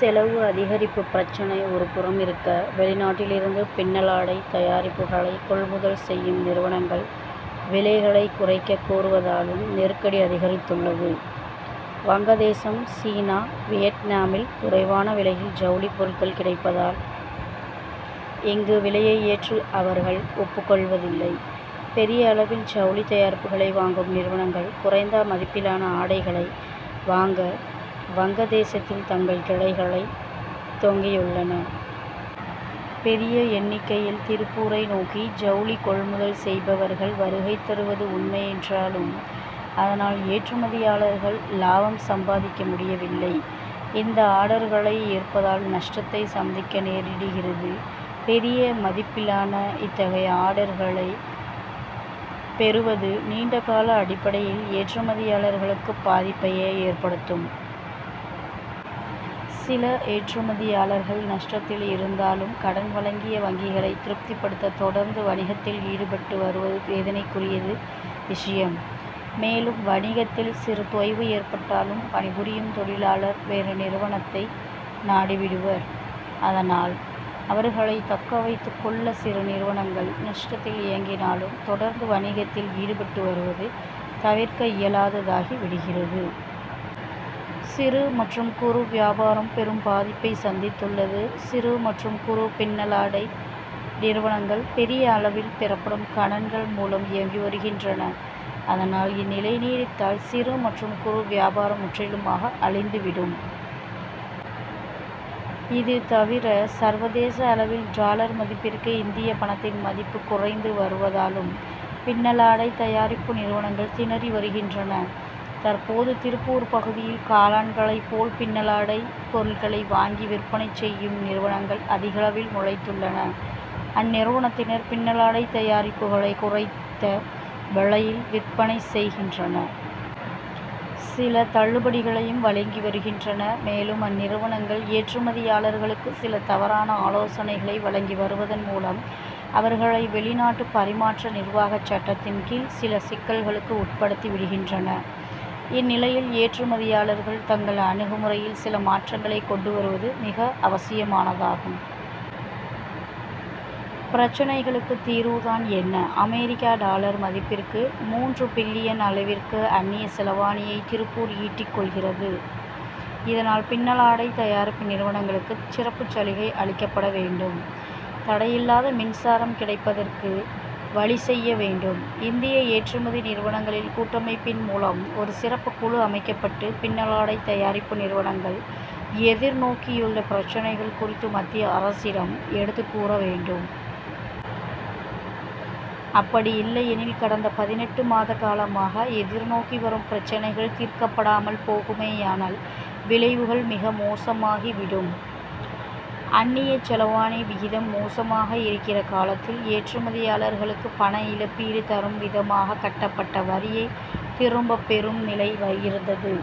செலவு அதிகரிப்பு பிரச்னை ஒருபுறமிருக்க, வெளிநாட்டிலிருந்து பின்னலாடை தயாரிப்புகளைக் கொள்முதல் செய் யும் நிறுவனங்கள், விலைகளைக் குறைக்கக் கோருவதாலும் நெருக்கடி அதிகரித்துள்ளது. வங்கதேசம், சீனா, வியட்நாமில், குறைவான விலையில் ஜவுளிப் பொருட்கள் கிடைப்பதால், இங்கு விலையை ஏற்ற அவர்கள் ஒப்புக் கொள்வதில்லை. பெரிய அளவில் ஜவுளித் தயாரிப்புகளை வாங் கும் நிறுவனங்கள், குறைந்த மதிப்பிலான ஆடைகளை வாங்க, வங்கதேசத்தில் தங்கள் கிளைகளைத் துவங்கியுள்ளன. பெரிய எண்ணிக்கையில் திருப்பூரை நோக்கி ஜவுளி கொள்முதல் செய்பவர்கள் வருகை தருவது உண்மை என்றாலும், அதனால், ஏற்றுமதியாளர்கள் லாபம் சம்பாதிக்க முடியவில்லை. இந்த ஆர்டர் களை ஏற் பதால், நஷ்டத்தை சந்திக்க நேரிடுகிறது. பெரிய மதிப் பிலான இத்தகைய ஆர்டர் களைப் பெறுவது, நீண்டகால அடிப்படையில் ஏற்றுமதியாளர்களுக்கு பாதிப் பையே ஏற்படுத்தும். சில ஏற்றுமதியாளர்கள் நஷ்டத்தில் இருந்தாலும், கடன் வழங்கிய வங்கிகளைத் திருப்திபடுத்த, தொடர்ந்து வணிகத்தில் ஈடுபட்டு வருவது வேதனைக்குரிய விஷயம். மேலும் வணிகத்தில் சிறு தொய்வு ஏற்பட்டாலும், பணிபுரியும் தொழிலாளர் வேறு நிறுவனத்தை நாடிவிடுவர். அதனால், அவர்களை தக்க வைத்துக் கொள்ள சில நிறுவனங்கள் நஷ்டத் தில் இயங்கினாலும், தொடர்ந்து வணிகத்தில் ஈடுபட்டு வருவது தவிர்க்க இயலாததாகி விடுகிறது. சிறு மற்றும் குறு வியாபாரம் பெரும் பாதிப்பைச் சந்தித்துள்ளது. சிறு மற்றும் குறு பின்னலாடை நிறுவனங்கள், பெரிய அள வில் பெறப்படும் கடன் கள் மூலம் இயங்கி வருகின்றன. அதனால், இந் நிலை நீடித்தால் சிறு மற் றும் குறு வியாபாரம் முற் றிலுமாக அழிந்துவிடும். இதுதவிர, சர்வதேச அளவில் டாலர் மதிப்பிற்கு இந்திய பணத்தின் மதிப்பு குறைந்து வருவதாலும், பின்னலாடை தயாரிப்பு நிறுவனங்கள் திணறி வருகின்றன. தற்போது, திருப்பூர் பகுதியில் காளான்களைப் போல் பின்னலாடைப் பொருட்களை வாங்கி விற்பனை செய்யும் நிறுவனங்கள் அதிகளவில் முளைத்துள்ளன. அந்நிறுவனத்தினர், பின்னலாடைத் தயாரிப்புகளை குறைத்த விலையில் விற்பனை செய்கின்றனர். சில தள்ளுபடிகளையும் வழங்கி வருகின்றனர். மேலும், அந்நிறுவனங்கள், ஏற்றுமதியாளர்களுக்கு சில தவறான ஆலோசனைகளை வழங்கி வருவதன் மூலம், அவர்களை, வெளிநாட்டு பரிமாற்ற நிர்வாகச் சட்டத்தின் கீழ் சில சிக்கல்களுக்கு உட்படுத்தி விடுகின்றனர். இந்நிலையில், ஏற்றுமதியாளர்கள், தங்கள் அணுகுமுறையில் சில மாற்றங்களைக் கொண்டு வருவது மிக அவசியமானதாகும். பிரச்னைகளுக்கு தீர்வுதான் என்ன: அமெரிக்க டாலர் மதிப்பிற்கு, மூன்று பில்லியன் அளவிற்கு அன்னிய செலாவணியை திருப்பூர் ஈட்டிக் கொள்கிறது. இதனால், பின்னலாடை தயாரிப்பு நிறுவனங்களுக்கு சிறப்புச் சலுகை அளிக்கப்பட வேண்டும். தடையில்லாத மின்சாரம் கிடைப்பதற்கு வழி செய்ய வேண்டும். இந்திய ஏற்றுமதி நிறுவனங்களின் கூட்டமைப்பின் மூலம் ஒரு சிறப்புக் குழு அமைக்கப்பட்டு, பின்னலாடை தயாரிப்பு நிறுவனங்கள் எதிர்நோக்கியுள்ள பிரச்னைகள் குறித்து மத்திய அரசிடம் எடுத்துக் கூற வேண்டும். அப்படியில்லையெனில், கடந்த பதினெட்டு மாதகாலமாக எதிர்நோக்கி வரும் பிரச்னைகள் தீர்க்கப்படாமல் போகுமேயானால், விளைவுகள் மிக மோசமாகி விடும். அன்னியச் செலாவணி விகிதம் மோசமாக இருக்கிற காலத்தில், ஏற்றுமதியாளர்களுக்கு பண இழப்பீடு தரும்விதமாக, கட்டப்பட்ட வரியைத் திரும்பப் பெறும் நிலை இருந்தது.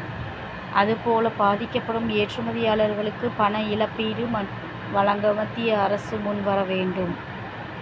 அதுபோல பாதிக்கப்படும் ஏற்றுமதியாளர்களுக்குப் பண இழப்பீடு வழங்க மத்திய அரசு முன்வர வேண்டும்.